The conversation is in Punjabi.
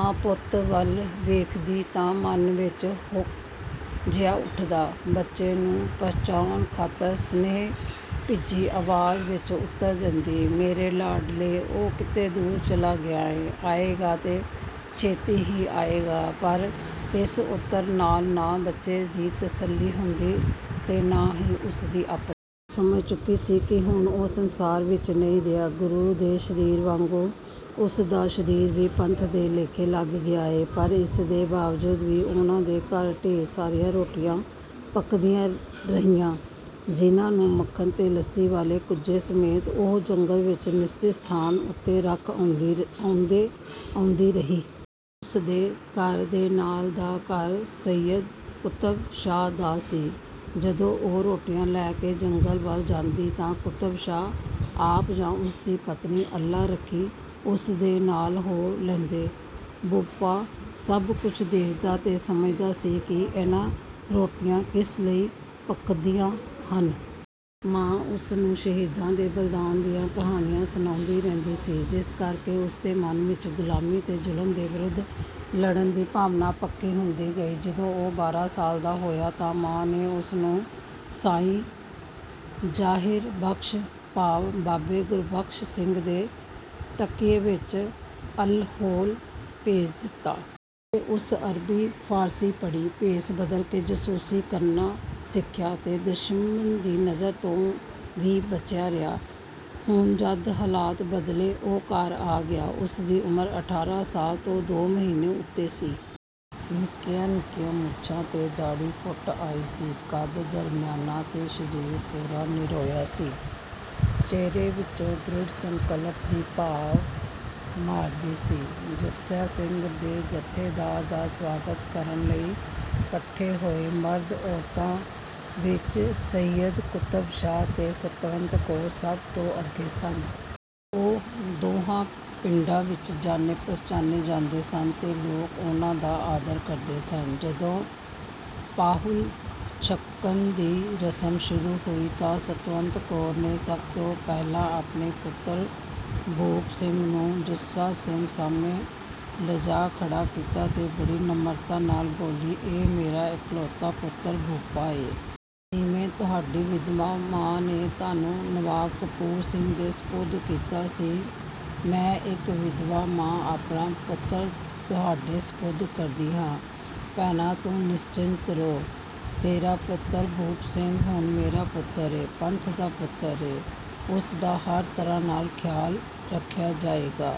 ਮਾਂ ਪੁੱਤਰ ਵੱਲ ਦੇਖਦੀ ਤਾਂ ਮਨ ਵਿੱਚ ਹੂਕ ਜਿਹੀ ਉੱਠਦੀ। ਬੱਚੇ ਨੂੰ ਪਰਚਾਉਣ ਖਾਤਰ ਸਨੇਹ-ਭਿੱਜੀ ਆਵਾਜ਼ ਵਿੱਚ ਉੱਤਰ ਦਿੰਦੀ, "ਮੇਰੇ ਲਾਡੇ, ਉਹ ਕਿਤੇ ਦੂਰ ਚਲਾ ਗਿਆ ਏ। ਆਏਗਾ, ਤੇ ਛੇਤੀ ਹੀ ਆਏਗਾ।" ਪਰ ਇਸ ਉੱਤਰ ਨਾਲ ਨਾ ਬੱਚੇ ਦੀ ਤਸੱਲੀ ਹੁੰਦੀ ਤੇ ਨਾ ਹੀ ਉਸਦੀ ਆਪਣੀ। ਉਹ ਸਮਝ ਚੁੱਕੀ ਸੀ ਕਿ ਹੁਣ ਉਹ ਸੰਸਾਰ ਵਿੱਚ ਨਹੀਂ ਰਿਹਾ। ਗੁਰੂ ਦੇ ਸਰੀਰ ਵਾਂਗ ਉਸਦਾ ਸਰੀਰ ਵੀ ਪੰਥ ਦੇ ਲੇਖੇ ਲੱਗ ਗਿਆ ਏ। ਪਰ ਇਸਦੇ ਬਾਵਜੂਦ ਵੀ ਉਹਨਾਂ ਦੇ ਘਰ ਢੇਰ ਸਾਰੀਆਂ ਰੋਟੀਆਂ ਪੱਕਦੀਆਂ ਰਹੀਆਂ, ਜਿਹਨਾਂ ਨੂੰ ਮੱਖਣ ਤੇ ਲੱਸੀ ਵਾਲੇ ਕੁੱਜੇ ਸਮੇਤ, ਉਹ ਜੰਗਲ ਵਿੱਚ ਨਿਸ਼ਚਤ ਸਥਾਨ ਉੱਤੇ ਰੱਖ ਆਉਂਦੀ ਰਹੀ। ਉਸਦੇ ਘਰ ਦੇ ਨਾਲ ਦਾ ਘਰ ਸੱਯਦ ਕੁਤਬ ਸ਼ਾਹ ਦਾ ਸੀ। ਜਦੋਂ ਉਹ ਰੋਟੀਆਂ ਲੈ ਕੇ ਜੰਗਲ ਵੱਲ ਜਾਂਦੀ ਤਾਂ ਕੁਤਬ ਸ਼ਾਹ ਆਪ ਜਾਂ ਉਸਦੀ ਪਤਨੀ ਅੱਲਾ ਰੱਖੀ ਉਸਦੇ ਨਾਲ ਹੋ ਲੈਂਦੀ। ਭੂਪਾ ਸਭ ਕੁਝ ਦੇਖਦਾ ਤੇ ਸਮਝਦਾ ਸੀ ਕਿ ਇੰਨੀਆਂ ਰੋਟੀਆਂ ਕਿਸ ਲਈ ਪੱਕਦੀਆਂ ਹਨ। ਮਾਂ ਉਸਨੂੰ ਸ਼ਹੀਦਾਂ ਦੇ ਬਲੀਦਾਨ ਦੀਆਂ ਕਹਾਣੀਆਂ ਸੁਣਾਉਂਦੀ ਰਹਿੰਦੀ ਸੀ, ਜਿਸ ਕਰਕੇ ਉਸਦੇ ਮਨ ਵਿੱਚ ਗੁਲਾਮੀ ਤੇ ਜ਼ੁਲਮ ਦੇ ਵਿਰੁੱਧ ਲੜਨ ਦੀ ਭਾਵਨਾ ਪੱਕੀ ਹੁੰਦੀ ਗਈ। ਜਦੋਂ ਉਹ ਬਾਰਾਂ ਸਾਲ ਦਾ ਹੋਇਆ ਤਾਂ ਮਾਂ ਨੇ ਉਸਨੂੰ ਸਾਈਂ ਜ਼ਹੀਰ ਬਖਸ਼ ਭਾਵ ਬਾਬੇ ਗੁਰਬਖਸ਼ ਸਿੰਘ ਦੇ ਤਕੀਏ ਵਿੱਚ ਅਲਹੋਲ ਭੇਜ ਦਿੱਤਾ। ਉੱਥੇ ਉਸ ਅਰਬੀ ਫਾਰਸੀ ਪੜ੍ਹੀ, ਭੇਸ ਬਦਲ ਕੇ ਜਾਸੂਸੀ ਕਰਨਾ ਸਿੱਖਿਆ ਤੇ ਦੁਸ਼ਮਣ ਦੀ ਨਜ਼ਰ ਤੋਂ ਵੀ ਬਚਿਆ ਰਿਹਾ। ਹੁਣ ਜਦੋਂ ਹਾਲਾਤ ਬਦਲੇ, ਉਹ ਘਰ ਆ ਗਿਆ। ਉਸਦੀ ਉਮਰ ਅਠਾਰਾਂ ਸਾਲ ਤੋਂ ਦੋ ਮਹੀਨੇ ਉੱਤੇ ਸੀ। ਨਿੱਕੀਆਂ ਨਿੱਕੀਆਂ ਮੁੱਛਾਂ ਤੇ ਦਾੜ੍ਹੀ ਫੁੱਟ ਆਈ ਸੀ। ਕੱਦ ਦਰਮਿਆਨਾ ਤੇ ਸਰੀਰ ਪੂਰਾ ਨਰੋਆ ਸੀ। ਚਿਹਰੇ ਵਿੱਚੋਂ ਦ੍ਰਿੜ੍ਹ ਸੰਕਲਪ ਦੀ ਭਾਅ ਮਾਰਦੀ ਸੀ। ਜੱਸਾ ਸਿੰਘ ਦੇ ਜੱਥੇ ਦਾ ਸਵਾਗਤ ਕਰਨ ਲਈ ਇਕੱਠੇ ਹੋਏ ਮਰਦ-ਔਰਤਾਂ ਵਿੱਚ ਸੱਯਦ ਕੁਤਬ ਸ਼ਾਹ ਤੇ ਸਤਵੰਤ ਕੌਰ ਸਭ ਤੋਂ ਅੱਗੇ ਸਨ। ਉਹ ਦੋਹਾਂ ਪਿੰਡਾਂ ਵਿੱਚ ਜਾਣੇ-ਪਛਾਣੇ ਜਾਂਦੇ ਸਨ ਤੇ ਲੋਕ ਉਹਨਾਂ ਦਾ ਆਦਰ ਕਰਦੇ ਸਨ। ਜਦੋਂ ਪਾਹੁਲ ਛਕਾਉਣ ਦੀ ਰਸਮ ਸ਼ੁਰੂ ਹੋਈ ਤਾਂ ਸਤਵੰਤ ਕੌਰ ਨੇ ਸਭ ਤੋਂ ਪਹਿਲਾਂ ਆਪਣੇ ਪੁੱਤਰ ਭੂਪ ਸਿੰਘ ਨੂੰ ਜੱਸਾ ਸਿੰਘ ਸਾਹਮਣੇ ਲਿਜਾ ਖੜ੍ਹਾ ਕੀਤਾ ਤੇ ਬੜੀ ਨਿਮਰਤਾ ਨਾਲ ਬੋਲੀ, "ਇਹ ਮੇਰਾ ਇਕਲੌਤਾ ਪੁੱਤਰ ਭੂਪਾ ਏ। ਜਿਵੇਂ ਤੁਹਾਡੀ ਵਿਧਵਾ ਮਾਂ ਨੇ ਤੁਹਾਨੂੰ ਨਵਾਬ ਕਪੂਰ ਸਿੰਘ ਦੇ ਸਪੁਰਦ ਕੀਤਾ ਸੀ, ਮੈਂ ਇੱਕ ਵਿਧਵਾ ਮਾਂ ਆਪਣਾ ਪੁੱਤਰ ਤੁਹਾਡੇ ਸਪੁਰਦ ਕਰਦੀ ਹਾਂ।" "ਭੈਣਾ ਤੂੰ ਨਿਸਚਿੰਤ ਰਹੁ। ਤੇਰਾ ਪੁੱਤਰ ਭੂਪ ਸਿੰਘ ਹੁਣ ਮੇਰਾ ਪੁੱਤਰ ਏ, ਪੰਥ ਦਾ ਪੁੱਤਰ ਏ। ਉਸਦਾ ਹਰ ਤਰ੍ਹਾਂ ਨਾਲ ਖਿਆਲ ਰੱਖਿਆ ਜਾਏਗਾ।"